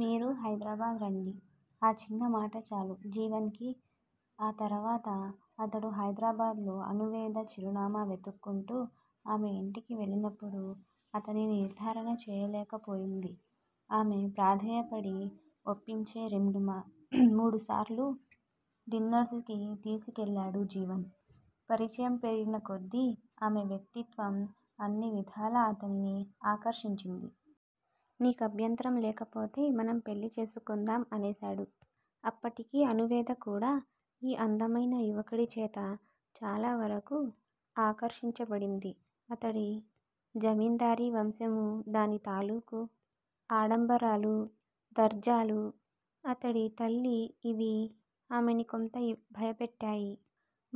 మీరు హైదరాబాద్ రండి. ఆ చిన్న మాట చాలు జీవన్ కి ఆ తరువాత అతడు హైదరాబాద్ లో అణువేద చిరునామా వెతుక్కుంటూ ఆమె ఇంటికి వెళ్ళినప్పుడు అతనిని నిర్ధారణ చేయలేకపోయింది. ఆమెని ప్రాధేయపడి వొప్పించే రెండు మూడుసార్లు డిన్నర్సుకి తీసుకెళ్ళాడు జీవన్. పరిచయం పెరిగిన కొద్ది ఆమె వ్యక్తిత్వం అన్నీ విధాలా అతనిని ఆకర్షించింది. నీకభ్యంతరం లేకపోతే మనం పెళ్ళి చేసుకుందాం! అనేశాడు. అప్పటికి అనువేద కూడా ఈ అందమైన యువకుడి చేత చాలా వరకు ఆకర్షింపబడింది. అతడి జమిందారీ వంశము దాని తాలూకు ఆడంబరాలు, దర్జాలు, అతడి తల్లి యివి ఆమెని కొంత భయపెట్టాయి.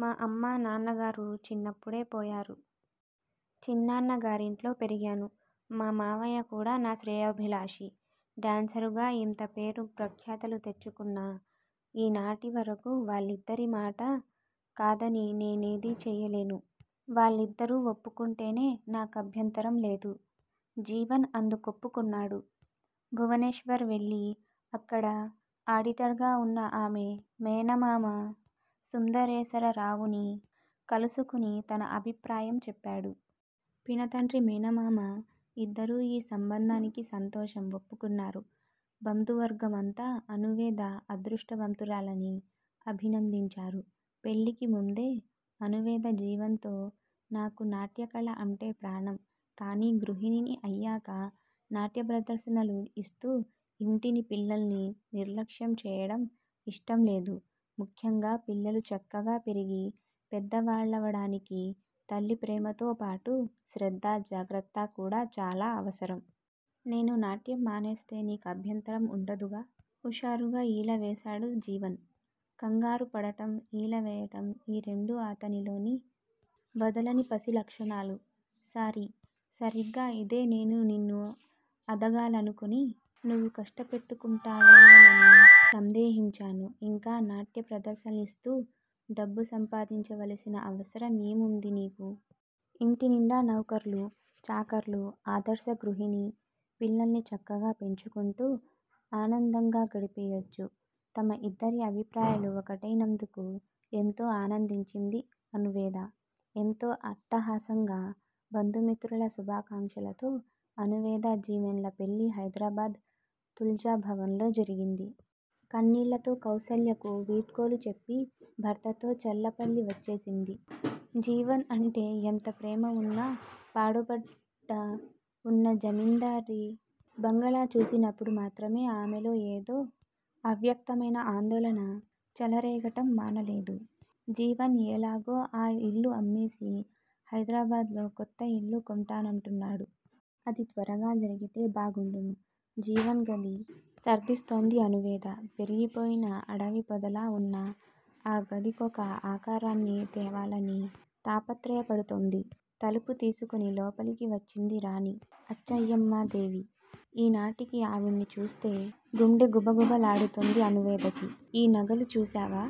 మా అమ్మా నాన్నగారు చిన్నప్పుడే పోయారు. చిన్నాన్న గారింట్లో పెరిగాను. మా మావయ్య కూడా నా శ్రేయోభిలాషి డాన్సురుగా యింత పేరు ప్రఖ్యాతులు తెచ్చుకున్నా ఈనాటి వరకు వాళ్ళిద్దరి మాట కాదని నేనేది చెయ్యలేను. వాళ్ళిద్దరూ వొప్పుకుంటే నాకభ్యంతరం లేదు. జీవన్ అందుకొప్పుకున్నాడు. భువనేశ్వర్ వెళ్ళి అక్కడ ఆడిటర్ గా వున్న ఆమె మేనమామ సుందరేశరరావుని కలుసుకుని తన అభిప్రాయం చెప్పాడు. పినతండ్రి మేనమామ ఇద్దరూ యీ సంబంధానికి సంతోషం వొప్పుకున్నారు. బంధువర్గమంతా అణువేద అదృష్టవంతురాలని అభినందించారు. పెళ్ళికి ముందే అణువేద జీవన్ తో నాకు నాట్యకళ అంటే ప్రాణం కానీ గృహిణిని అయ్యాక నాట్యప్రదర్శనలు యిస్తూ యింటిని పిల్లల్ని నిర్లక్ష్యం చెయ్యడం ఇష్టం లేదు. ముఖ్యంగా పిల్లలు చక్కగా పెరిగి పెద్దవాళ్ళవడానికి తల్లి ప్రేమతో పాటు శ్రద్ధ, జాగ్రత్త కూడా చాలా అవసరం. నేను నాట్యం మానేస్తే నీ కభ్యంతరం వుండదుగా! హుషారుగా ఈల వేశాడు జీవన్. కంగారు పడటం, ఈల వేయడం ఈ రెండు అతనిలోని వదలని పసి లక్షణాలు. సారీ! సరిగ్గా ఇదే నేను నిన్ను ఆదాగాలనుకుని నువు కష్టపెట్టుకుంటావేమోనని సందేహించాను ఇంకా నాట్య ప్రదర్శనలిస్తూ డబ్బు సంపాదించవలసిన అవసరం ఏం వుంది నీకు? ఇంటి నిండా నౌకర్లు, చాకర్లు. ఆదర్శ గృహిణి పిల్లల్ని చక్కగా పెంచుకుంటూ ఆనందగా గడిపెయొచ్చు. తమ ఇద్దరి అభిప్రాయాలు ఒకటై నందుకు ఏంతో ఆనందించింది అణువేద. ఎంతో అట్టహాసంగా బంధు మిత్రుల శుభాకంక్షలతో అణువేద జీవన్ ల పెళ్ళి హైదరాబాద్ తుల్జా భవన్ లో జరిగింది. కన్నీళ్ళతో కౌసల్యకు వీడ్కోలు చెప్పి భర్తతో చల్లపల్లి వచ్చేసింది. జీవన్ అంటే యెంత ప్రేమ వున్నా పాడుబడ్డ వున్న జమిందారీ బంగాళా చూసినప్పుడు మాత్రమే ఆమెలో ఏదో అవ్యక్తమైన ఆందోళన చెలరేగటం మానలేదు. జీవన్ యెలాగో ఆ యిల్లు అమ్మేసి హైదరాబాద్ లో కొత్త యిల్లు కొంటానంటున్నాడు. అది త్వరగా జరిగితే బాగుండును. జీవన్ గది సర్దిస్తోంది అణువేద. పెరిగిపోయిన అడవి పొదలా వున్న ఆ గది కొక ఆకారాన్ని తేవాలని తాపత్రయపడుతోంది. తలుపు తీసుకుని లోపలికి వచ్చింది రాణి అచ్చయ్యమ్మాదేవి ఈ నాటికి ఆవిణ్ణి చూస్తే గుండె గుబగుబ లాడుతుంది అణువేదకి. ఈ నగలు చూశావా?